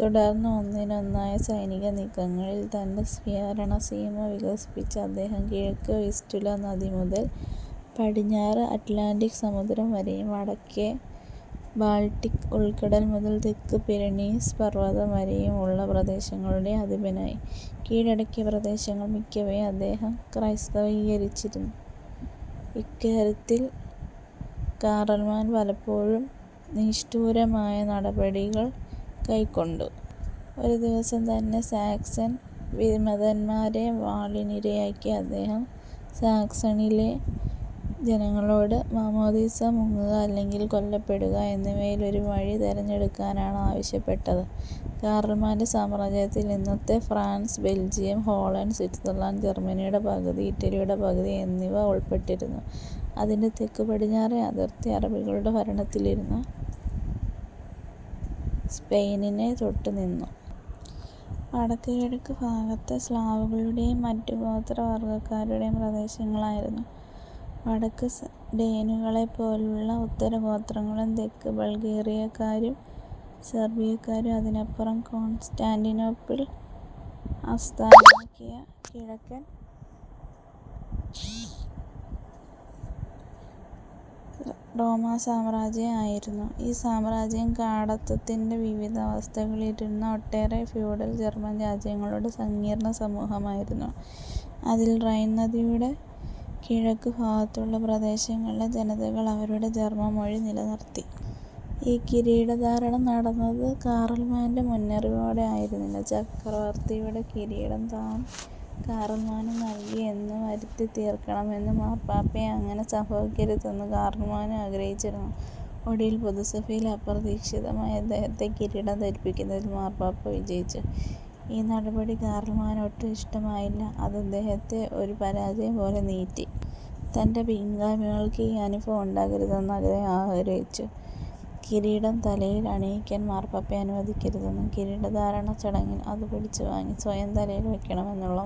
തുടർന്ന് ഒന്നിനൊന്നായ സൈനികനീക്കങ്ങളിൽ തന്റെ ഭരണസീമ വികസിപ്പിച്ച അദ്ദേഹം കിഴക്ക് വിസ്റ്റുല നദി മുതൽ പടിഞ്ഞാറ് അറ്റ്ലാന്റിക് സമുദ്രം വരേയും വടക്ക് ബാൾട്ടിക്ക് ഉൾക്കടൽ മുതൽ തെക്ക് പിരണീസ് പർവതം വരേയും ഉള്ള പ്രദേശങ്ങളുടേയും അധിപനായി. കീഴടക്കിയ പ്രദേശങ്ങൾ മിക്കവയും അദ്ദേഹം ക്രൈസ്തവീകരിച്ചു. ഇക്കാര്യത്തിൽ കാറൽമാൻ പലപ്പോഴും നിഷ്ഠൂരമായ നടപടികൾ കൈക്കൊണ്ടു. ഒരു ദിവസം തന്നെ സാക്സൻ വിമതന്മാരെ വാളിനിരയാക്കിയ അദ്ദേഹം, സാക്സണിയിലെ ജനങ്ങളോട് "മാമ്മോദീസാ മുങ്ങുക അല്ലെങ്കിൽ കൊല്ലപ്പെടുക" എന്നിവയിലൊരു വഴി തെരഞ്ഞെടുക്കാനാണ് ആവശ്യപ്പെട്ടത്. കാറൽമാന്റെ സാമ്രാജ്യത്തിൽ ഇന്നത്തെ ഫ്രാൻസ്, ബെൽജിയം, ഹോളണ്ട്, സ്വിറ്റ്സർലാന്റ്, ജർമ്മനിയുടെ പകുതി, ഇറ്റലിയുടെ പകുതി എന്നിവ ഉൾപ്പെട്ടിരുന്നു. അതിന്റെ തെക്കു പടിഞ്ഞാറേ അതിർത്തി അറബികളുടെ ഭരണത്തിലിരുന്ന സ്പെയിനിനെ തൊട്ടു നിന്നു. വടക്കു കിഴക്കു ഭാഗത്ത് സ്ലാവുകളുടേയും മറ്റു ഗോത്രവർഗ്ഗക്കാരുടേയും പ്രദേശങ്ങളായിരുന്നു; വടക്ക് ഡേനുകളേപ്പോലുള്ള ഉത്തരഗോത്രങ്ങളും, തെക്ക് ബൾഗേറിയാക്കാരും സെർബിയാക്കാരും, അതിനപ്പുറം കോൺസ്റ്റാന്റിനോപ്പിൾ ആസ്ഥാനമാക്കിയ കിഴക്കൻ റോമാസാമ്രാജ്യവും ആയിരുന്നു. ഈ സാമ്രാജ്യം, കാടത്തത്തിന്റെ വിവിധ അവസ്ഥകളിലിരുന്ന ഒട്ടേറെ ഫ്യൂഡൽ ജർമ്മൻ രാജ്യങ്ങളുടെ സങ്കീർണ്ണസമൂഹമായിരുന്നു. അതിൽ റൈൻ നദിയുടെ കിഴക്കു ഭാഗത്തുള്ള പ്രദേശങ്ങളിലെ ജനതകൾ അവരുടെ ജർമ്മൻ മൊഴി നിലനിർത്തി. ഈ കിരീടധാരണം നടന്നത് കാറൽമാന്റെ മുന്നറിവോടെ ആയിരുന്നില്ല. ചക്രവർത്തിയുടെ കിരീടം താൻ കാറൽമാനു നൽകി എന്നു വരുത്തിതീർക്കണമെന്നു മാർപ്പാപ്പയും അങ്ങനെ സംഭവിക്കരുതെന്നു കാറൽമാനും ആഗ്രഹിച്ചിരുന്നു. ഒടുവിൽ പൊതുസഭയിൽ അപ്രതീക്ഷിതമായി അദ്ദേഹത്തെ കിരീടം ധരിപ്പിക്കുന്നതിൽ മാർപ്പാപ്പ വിജയിച്ചു. ഈ നടപടി കാറൽമാന് ഒട്ടും ഇഷ്ടമായില്ല. അത് അദ്ദേഹത്തെ ഒരു പരാജയം പോലെ നീറ്റി. തന്റെ പിൻഗാമികൾക്ക് ഈ അനുഭവം ഉണ്ടാകരുതെന്ന് അദ്ദേഹം ആഗ്രഹിച്ചു. കിരീടം തലയിൽ അണിയിക്കാൻ മാർപ്പാപ്പയെ അനുവദിക്കരുതെന്നും കിരീടധാരണച്ചടങ്ങിൽ അതു പിടിച്ചു വാങ്ങി സ്വയം തലയിൽ വയ്ക്കണമെന്നുമുള്ള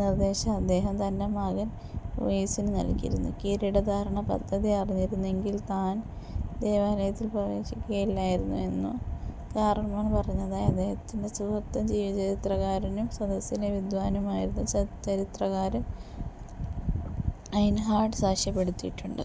നിർദ്ദേശം അദ്ദേഹം തന്റെ മകൻ ലൂയീസിനു നൽകിയിരുന്നു. കിരീടധാരണപദ്ധതി അറിഞ്ഞിരുന്നെങ്കിൽ താൻ ദേവാലയത്തിൽ പ്രവേശിക്കുകയില്ലായിരുന്നു എന്നു കാറൽമാൻ പറഞ്ഞതായി അദ്ദേഹത്തിന്റെ സുഹൃത്തും, ജീവചരിത്രകാരനും സദസ്സിലെ വിദ്വാനുമായിരുന്ന ചരിത്രകാരൻ ഐയ്ൻഹാർഡ് സാക്ഷ്യപ്പെടുത്തിയിട്ടുണ്ട്.